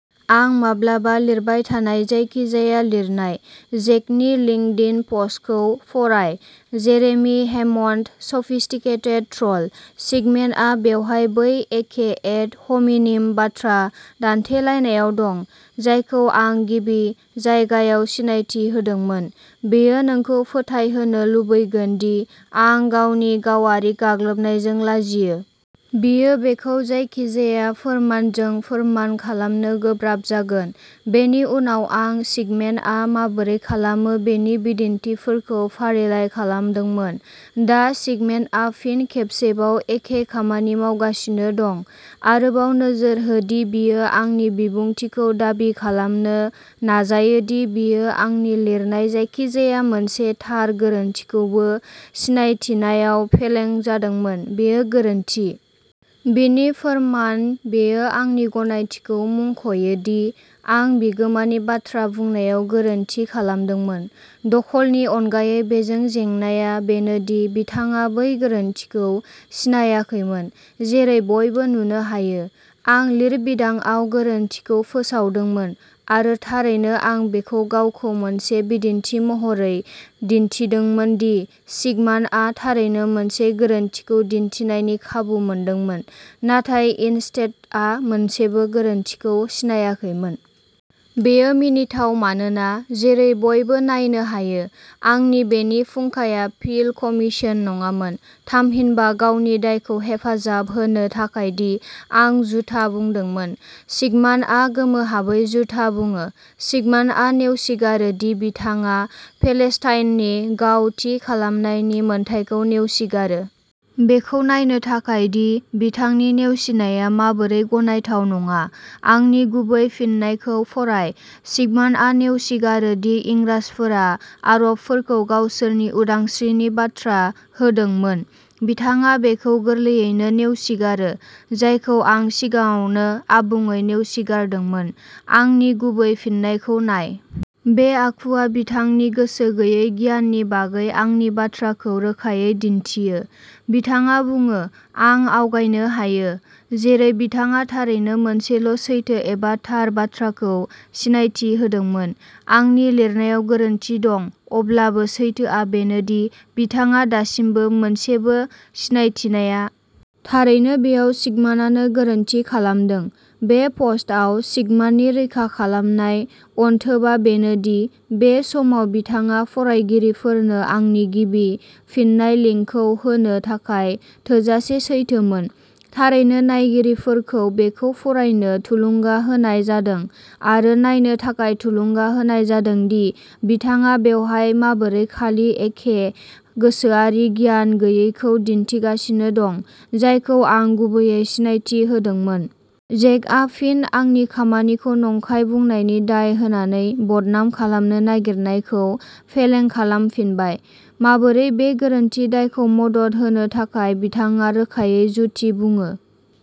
आं माब्लाबा लिरबाय थानाय जायखिजाया लिरनाय। जेकनि लिंकडिन पस्टखौ फराय जेरेमि हेमन्ड सफिस्टिकेटेड ट्रल। सिगमेनआ बेवहाय बै एखे एड ह'मिनिम बाथ्रा दान्थेलायनायाव दं जायखौ आं गिबि जायगायाव सिनायथि होदोंमोन। बियो नोंखौ फोथायहोनो लुबैगोन दि आं गावनि गावारि गाग्लोबनायजों लाजियो। बियो बेखौ जायखिजाया फोरमानजों फोरमान खालामनो गोब्राब जागोन। बेनि उनाव आं सिगमेनआ माबोरै खालामो बेनि बिदिन्थिफोरखौ फारिलाइ खालामदोंमोन। दा सिगमेनआ फिन खेबसेबाव एखे खामानि मावगासिनो दं। आरोबाव नोजोर हो दि बियो आंनि बिबुंथिखौ दाबि खालामनो नाजायो दि बियो आंनि लिरनाय जायखिजाया मोनसे थार गोरोन्थिखौबो सिनायथिनायाव फेलें जादोंमोन, बेयो गोरोन्थि। बिनि फोरमान बेयो आंनि गनायथिखौ मुंख'यो दि आं बिगोमानि बाथ्रा बुंनायाव गोरोन्थि खालामदोंमोन, दखलनि अनगायै बेजों जेंनाया बेनो दि बिथाङा बै गोरोन्थिखौ सिनायाखैमोन, जेरै बयबो नुनो हायो। आं लिरबिदांआव गोरोन्थिखौ फोसाबदोंमोन, आरो थारैनो आं बेखौ गावखौ मोनसे बिदिन्थि महरै दिन्थिदोंमोन दि सिगमानआ थारैनो मोनसे गोरोन्थिखौ दिन्थिनायनि खाबु मोनदोंमोन, नाथाय इनस्टेडआ मोनसेबो गोरोन्थिखौ सिनायाखैमोन। बेयो मिनिथाव मानोना, जेरै बयबो नायनो हायो, आंनि बेनि फुंखाया पिल कमिशन नङामोन। थामहिनबा, गावनि दायखौ हेफाजाब होनो थाखाय दि आं जुथा बुंदोंमोन, सिगमानआ गोमोहाबै जुथा बुङो। सिगमानआ नेवसिगारो दि बिथाङा पेलेस्टाइननि गाव थि खालामनायनि मोनथायखौ नेवसिगारो। बेखौ नायनो थाखाय दि बिथांनि नेवसिनाया माबोरै गनायथाव नङा, आंनि गुबै फिननायखौ फराय। सिगमानआ नेवसिगारो दि इंराजफोरा आरबफोरखौ गावसोरनि उदांस्रिनि बाथ्रा होदोंमोन। बिथाङा बेखौ गोरलैयैनो नेवसिगारो जायखौ आं सिगाङावनो आबुङै नेवसिगारदोंमोन। आंनि गुबै फिननायखौ नाय। बे आखुआ बिथांनि गोसो गैयै गियाननि बागै आंनि बाथ्राखौ रोखायै दिन्थियो। बिथाङा बुङो "आं आवगायनो हायो" जेरै बिथाङा थारैनो मोनसेल' सैथो एबा थार बाथ्राखौ सिनायथि होदोंमोन। आंनि लिरनायाव गोरोन्थि दं, अब्लाबो सैथोआ बेनो दि बिथाङा दासिमबो मोनसेबो सिनायथिनाया। थारैनो बेयाव सिगमानानो गोरोन्थि खालामदों। बे पस्टआव सिगमाननि रैखा खालामनाय अनथोबा बेनोदि बे समाव बिथाङा फरायगिरिफोरनो आंनि गिबि फिननाय लिंकखौ होनो थाखाय थोजासे सैथोमोन। थारैनो, नायगिरिफोरखौ बेखौ फरायनो थुलुंगा होनाय जादों आरो नायनो थाखाय थुलुंगा होनाय जादों दि बिथाङा बेवहाय माबोरै खालि एखे गोसोआरि गियान गैयैखौ दिन्थिगासिनो दं जायखौ आं गुबैयै सिनायथि होदोंमोन। जेकआ फिन आंनि खामानिखौ नंखाय बुंनायनि दाय होनानै बदनाम खालामनो नागिरनायखौ फेलें खालामफिनबाय। माबोरै बे गोरोन्थि दायखौ मदद होनो थाखाय, बिथाङा रोखायै जुथि बुङो।